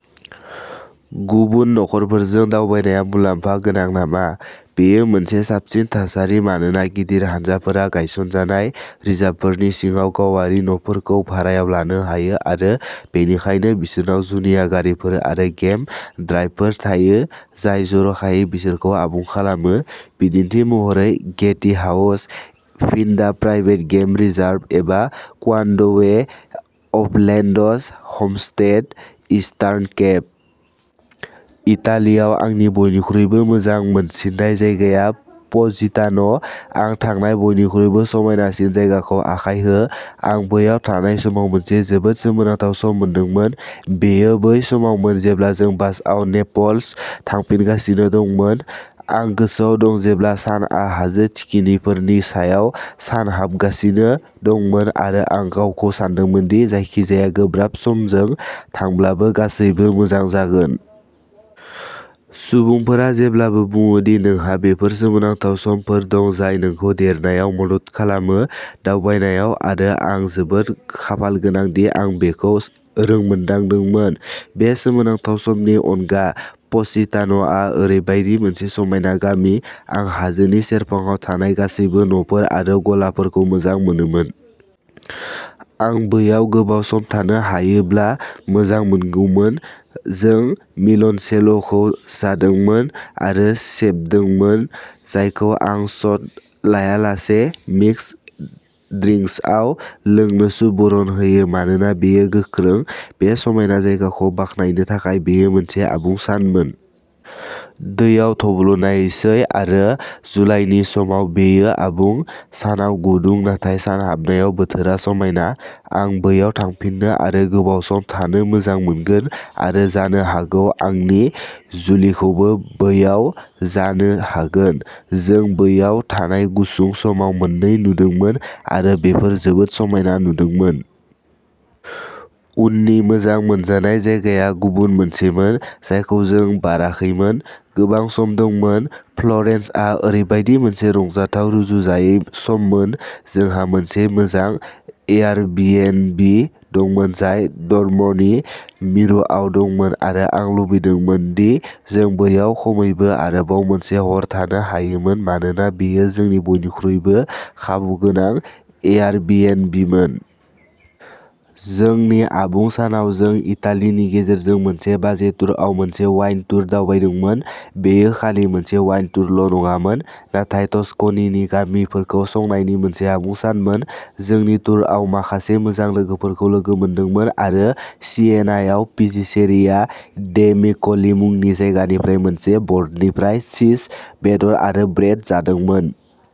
गुबुन नखरफोरजों दावबायनाया मुलाम्फा गोनां नामा? बेयो मोनसे साबसिन थासारि मानोना गिदिर हानजाफोरा गायसनजानाय रिजार्भफोरनि सिङाव गावारि न'फोरखौ भारायाव लानो हायो आरो बेनिखायनो बिसोरनाव जुनिया गारिफोर आरो गेम ड्राइभफोर थायो, जाय जर'खायै बिसोरखौ आबुं खालामो, बिदिन्थि महरै, गेटि house, Phinda private game reserve एबा Kwandwe Uplands Homestead, Eastern Cape. इटालियाव आंनि बयनिख्रुइबो मोजां मोनसिननाय जायगाया पजिटान'। आं थांनाय बयनिख्रुइबो समायनासिन जायगाखौ आखाइ हो। आं बैयाव थानाय समाव मोनसे जोबोद सोमोनांथाव सम मोनदोंमोन। बेयो बै समावमोन जेब्ला जों बासआव नेपल्स थांफिनगासिनो दंमोन। आं गोसोआव दं जेब्ला सानआ हाजो थिखिनिफोरनि सायाव सानहाबगासिनो दंमोन आरो आं गावखौ सानदोंमोन दि जायखिजाया गोब्राब समजों थांब्लाबो गासैबो मोजां जागोन। सुबुंफोरा जेब्लाबो बुङो दि नोंहा बेफोर सोमोनांथाव समफोर दं जाय नोंखौ देरनायाव मदद खालामो। दावबायनायाव आरो आं जोबोद खाफालगोनां दि आं बेखौ रोंमोन्दांदोंमोन। बे सोमोनांथाव समनि अनगा प'सितान'आ ओरैबायदि मोनसे समायना गामि। आं हाजोनि सेरफाङाव थानाय गासैबो न'फोर आरो गलाफोरखौ मोजां मोनोमोन। आं बैयाव गोबाव सम थानो हायोब्ला मोजांमोनगौमोन। जों लिमनसेल'खौ जादोंमोन आरो सेबदोंमोन, जायखौ आं शट लायालासे मिक्स ड्रिंक्सआव लोंनो सुबुरुन होयो मानोना बेयो गोख्रों। बे समायना जायगाखौ बाख्नायनो थाखाय बेयो मोनसे आबुं सानमोन। दैआव थब्लनायसै आरो जुलाइनि समाव बेयो आबुं। सानाव गुदुं नाथाय सानहाबनायाव बोथोरा समायना। आं बैयाव थांफिननो आरो गोबाव सम थानो मोजां मोनगोन आरो जानो हागौ आंनि जुलिखौबो बैयाव जानो हागोन। जों बैयाव थानाय गुसुं समाव मोननै नुदोंमोन आरो बेफोर जोबोद समायना नुदोंमोन। उननि मोजां मोनजानाय जायगाया गुबुन मोनसेमोन जायखौ जों बाराखैमोन। गोबां सम दंमोन। फ्लरेन्सआ ओरैबायदि मोनसे रंजाथाव, रुजुजायै सममोन। जोंहा मोनसे मोजां एयारबिएनबि दंमोन जाय डर्म'नि मिरुआव दंमोन आरो आं लुबैदों दि जों बैयाव खमैबो आरोबाव मोनसे हर थानो हायोमोन मानोना बेयो जोंनि बयनिख्रुइबो खाबुगोनां एयारबिएनबिमोन। जोंनि आबुं सानाव जों इटालिनि गेजेरजों मोनसे बाजेट टुरआव मोनसे वाइन टुर दावबायदोंमोन। बेयो खालि मोनसे वाइन टुरल'नङामोन, नाथाय टस्कनीनि गामिफोरखौ संनायनि मोनसे आबुं सानमोन। जोंनि टुरआव माखासे मोजां लोगोफोरखौ लोगो मोनदोंमोन आरो सियेनायाव पिजिचेरिया डे मिक'ली मुंनि जायगानिफ्राय मोनसे बर्डनिफ्राय चीज, बेदर आरो ब्रेड जादोंमोन।